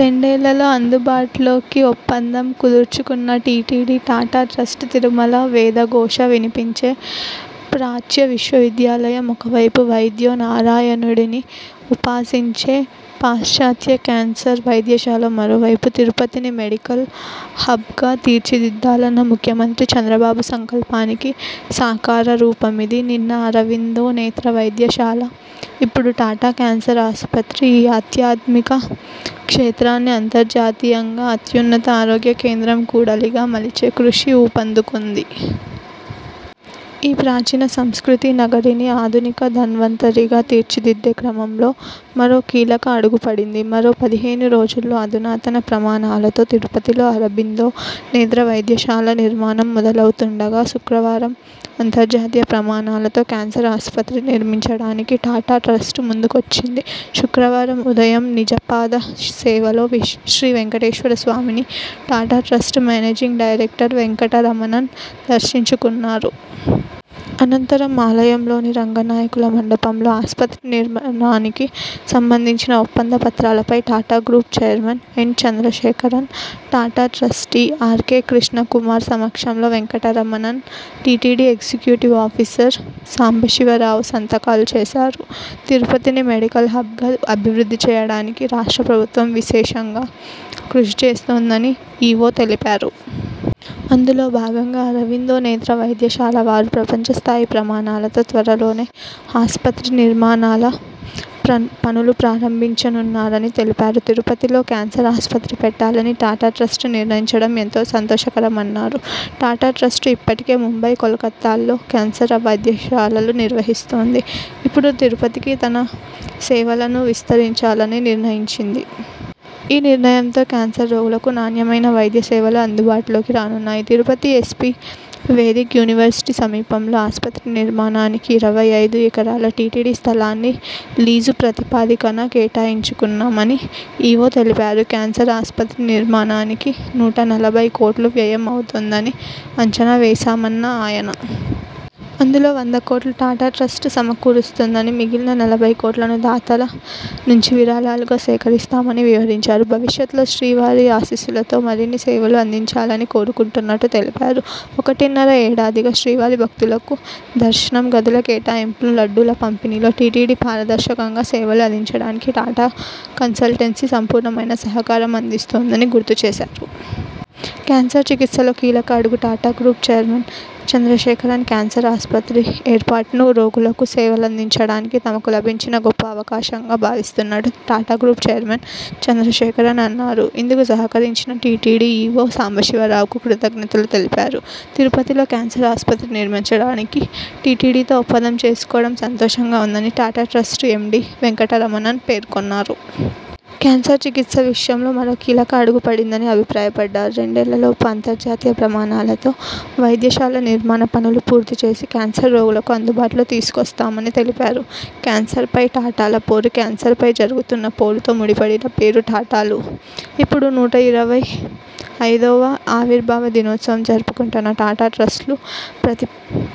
రెండేళ్లలో అందుబాటులో కిఒప్పందం కుదుర్చుకున్న టిటిడి, టాటా ట్రస్ట్ తిరుమల వేద ఘోష వినిపించే ప్రాచ్య విశ్వవిద్యాలయం ఒకవైపు, వైద్యో నారాయణుడిని ఉపాసించే పాశ్చాత్య కేన్సర్ వైద్యశాల మరోవైపు! తిరుపతిని మెడికల్ హబ్గా తీర్చిదిద్దాలన్న ముఖ్యమంత్రి చంద్రబాబు సంకల్పానికి సాకార రూపమిది! నిన్న అరవిందో నేత్ర వైద్యశాల, ఇప్పుడు టాటా కేన్సర్ ఆస్పత్రి, ఈ ఆధ్యాత్మిక క్షేత్రాన్ని అంతర్జాతీయంగా అత్యున్నత ఆరోగ్య కేంద్ర కూడలిగా మలిచే కృషి ఊపందుకొంది. ఈ ప్రాచీన సంస్కృతీ నగరిని ఆధునిక ధన్వంతరిగా తీర్చిదిద్దే క్రమంలో మరో కీలక అడుగుపడింది. మరో పదిహేను రోజుల్లో అధునాతన ప్రమాణాలతో తిరుపతిలో అరబిందో నేత్ర వైద్యశాల నిర్మాణం మొదలు అవుతుండగా.. శుక్రవారం అంతర్జాతీయ ప్రమాణాలతో కేన్సర్ ఆస్పత్రిని నిర్మించడానికి టాటా ట్రస్టు ముందుకొచ్చింది. శుక్రవారం ఉదయం నిజపాద సేవలో శ్రీవేంకటేశ్వర స్వామిని Tata trust managing director Venkataramanan దర్శించుకున్నారు. అనంతరం ఆలయంలోని రంగనాయకుల మండపంలో ఆస్పత్రి నిర్మాణానికి సంబంధించిన ఒప్పంద పత్రాలపై Tata group chairman N Chandrasekaran, Tata trustee R K Krishna Kumar సమక్షంలో Venkataramanan, TTD executive officer Sambasivarao సంతకాలు చేశారు. తిరుపతిని మెడికల్ హబ్గా అభివృద్ధి చేయడానికి రాష్ట్ర ప్రభుత్వం విశేషంగా కృషి చేస్తోందని ఇ ఒ తెలిపారు. అందులో భాగంగా అరవిందో నేత్ర వైద్యశాల వారు ప్రపంచస్థాయి ప్రమాణాలతో త్వరలోనే ఆస్పత్రి నిర్మాణ పనులు ప్రారంభించనున్నారని తెలిపారు. తిరుపతిలో కేన్సర్ ఆస్పత్రి పెట్టాలని టాటా ట్రస్ట్ నిర్ణయించడం సంతోషకరమన్నారు. ''టాటా ట్రస్టు ఇప్పటికే ముంబై, కోల్కతాల్లో కేన్సర్ వైద్యశాలలు నిర్వహిస్తోంది. ఇప్పుడు తిరుపతికి తన సేవలను విస్తరించాలని నిర్ణయించింది. ఈ నిర్ణయంతో కేన్సర్ రోగులకు నాణ్యమైన వైద్య సేవలు అందుబాటులోకి రానున్నాయి. తిరుపతి ఎస్వీ వేదిక్ యూనివర్సిటీ సమీపంలో ఆస్పత్రి నిర్మాణానికి ఇరవై ఐదు ఎకరాల టిటిడి స్థలాన్ని లీజు ప్రతిపాదికన కేటాయించనున్నాం అని ఇ ఒ తెలిపారు. కేన్సర్ ఆస్పత్రి నిర్మాణానికి నూట నలభై కోట్లు వ్యయం అవుతుందని అంచనా వేశామన్న ఆయన. అందులో వంద కోట్లు టాటా ట్రస్టు సమకూరుస్తుందని, మిగిలిన నలభై కోట్లను దాతల నుంచి విరాళాలుగా సేకరిస్తామని వివరించారు. భవిష్యత్లో శ్రీవారి ఆశీస్సులతో మరిన్ని సేవలు అందించాలని కోరుకుంటున్నట్టు తెలిపారు. ఒకటిన్నర ఏడాదిగా శ్రీవారి భక్తులకు దర్శనం, గదుల కేటాయింపులు, లడ్డూల పంపిణీలో టిటిడి పారదర్శకంగా సేవలు అందించడానికి టాటా కన్సల్టెన్సీ సంపూర్ణమైన సహకారం అందిస్తోందని గుర్తుచేశారు. కేన్సర్ చికిత్సలో కీలక అడుగు Tata group chairman Chandrasekaran cancer ఆస్పత్రి ఏర్పాటును, రోగులకు సేవలందించడానికి తమకు లభించిన గొప్ప అవకాశంగా భావిస్తున్నట్టు టాటా గ్రూప్ చైర్మన్ చంద్రశేఖరన్ అన్నారు. ఇందుకు సహకరించిన టిటిడి ఇ ఒ సాంబశివరావుకు కృతజ్ఞతలు తెలిపారు. తిరుపతిలో కేన్సర్ ఆస్పత్రి నిర్మించడానికి టిటిడితో ఒప్పందం చేసుకోవడం సంతోషంగా ఉందని టాటా ట్రస్టు ఎండి వెంకటరమణన్ పేర్కొన్నారు. కేన్సర్ చికిత్స విషయంలో మరో కీలక అడుగు పడిందని అభిప్రాయపడ్డారు. రెండేళ్లలోపు అంతర్జాతీయ ప్రమాణాలతో వైద్యశాల నిర్మాణ పనులు పూర్తిచేసి కేన్సర్ రోగులకు అందుబాటులో తీసుకొస్తామని తెలిపారు. కేన్సర్ పై టాటాల పోరు కేన్సర్ పై జరుగుతున్న పోరుతో ముడిపడిన పేరు టాటాలు. ఇప్పుడు నూట ఇరవై ఐదోవ ఆవిర్భావ దినోత్సవం జరుపుకొంటున్న టాటా ట్రస్టులు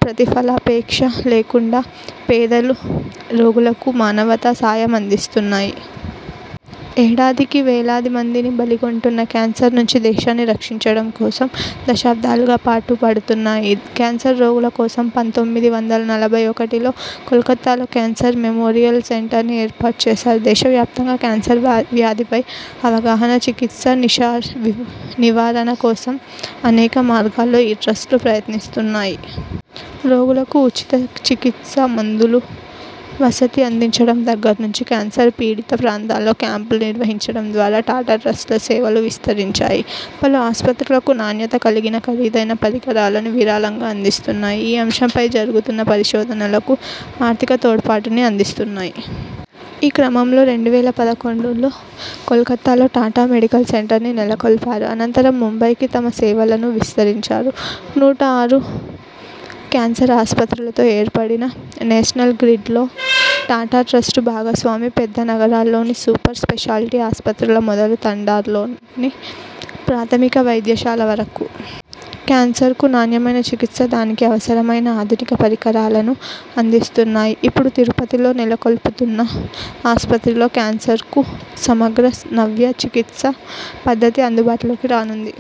ప్రతిఫలాపేక్ష లేకుండా పేదలు, రోగులకు మానవతా సాయం అందిస్తున్నాయి. ఏడాదికి వేలాది మందిని బలిగొంటున్న కేన్సర్ నుంచి దేశాన్ని రక్షించడం కోసం దశాబ్దాలుగా పాటు పడుతున్నాయి. కేన్సర్ రోగుల కోసం పంతొమ్మిది వందల నలభై ఒకటిలో కోల్కతాలో కేన్సర్ మెమోరియల్ సెంటర్ని ఏర్పాటుచేశారు. దేశవ్యాప్తంగా కేన్సర్ వ్యాధిపై అవగాహన, చికిత్స, నివారణ కోసం అనేక మార్గాల్లో ఈ ట్రస్టులు ప్రయత్నిస్తున్నాయి. రోగులకు ఉచిత చికిత్స, మందులు, వసతి అందించడం దగ్గర నుంచి కేన్సర్ పీడిత ప్రాంతాల్లో క్యాంపులు నిర్వహించడం ద్వారా టాటా ట్రస్టుల సేవలు విస్తరించాయి. పలు ఆస్పత్రులకు నాణ్యత కలిగిన ఖరీదైన పరికరాలను విరాళంగా అందిస్తున్నాయి. ఈ అంశంపై జరుగుతున్న పరిశోధనలకు ఆర్థిక తోడ్పాటుని అందిస్తున్నాయి. ఈ క్రమంలో రెండు వేల పదకొండులో కోల్కతాలో టాటా మెడికల్ సెంటర్ని నెలకొల్పారు. అనంతరం ముంబైకీ తమ సేవలను విస్తరించారు. నూట ఆరు కేన్సర్ ఆస్పత్రులతో ఏర్పడిన నేషనల్ గ్రిడ్లో టాటా ట్రస్టు భాగస్వామి. పెద్ద నగరాల్లోని సూపర్ స్పేషాలిటీ ఆస్పత్రుల మొదలు తండాల్లోని ప్రాథమిక వైద్యశాల వరకు.. కేన్సర్కు నాణ్యమైన చికిత్స, దానికి అవసరమైన ఆధునిక పరికరాలను అందిస్తున్నాయి. ఇప్పుడు తిరుపతిలో నెలకొల్పుతున్న ఆస్పత్రిలో కేన్సర్కు సమగ్ర నవ్య చికిత్సా పద్ధతి అందుబాటులోకి రానుంది.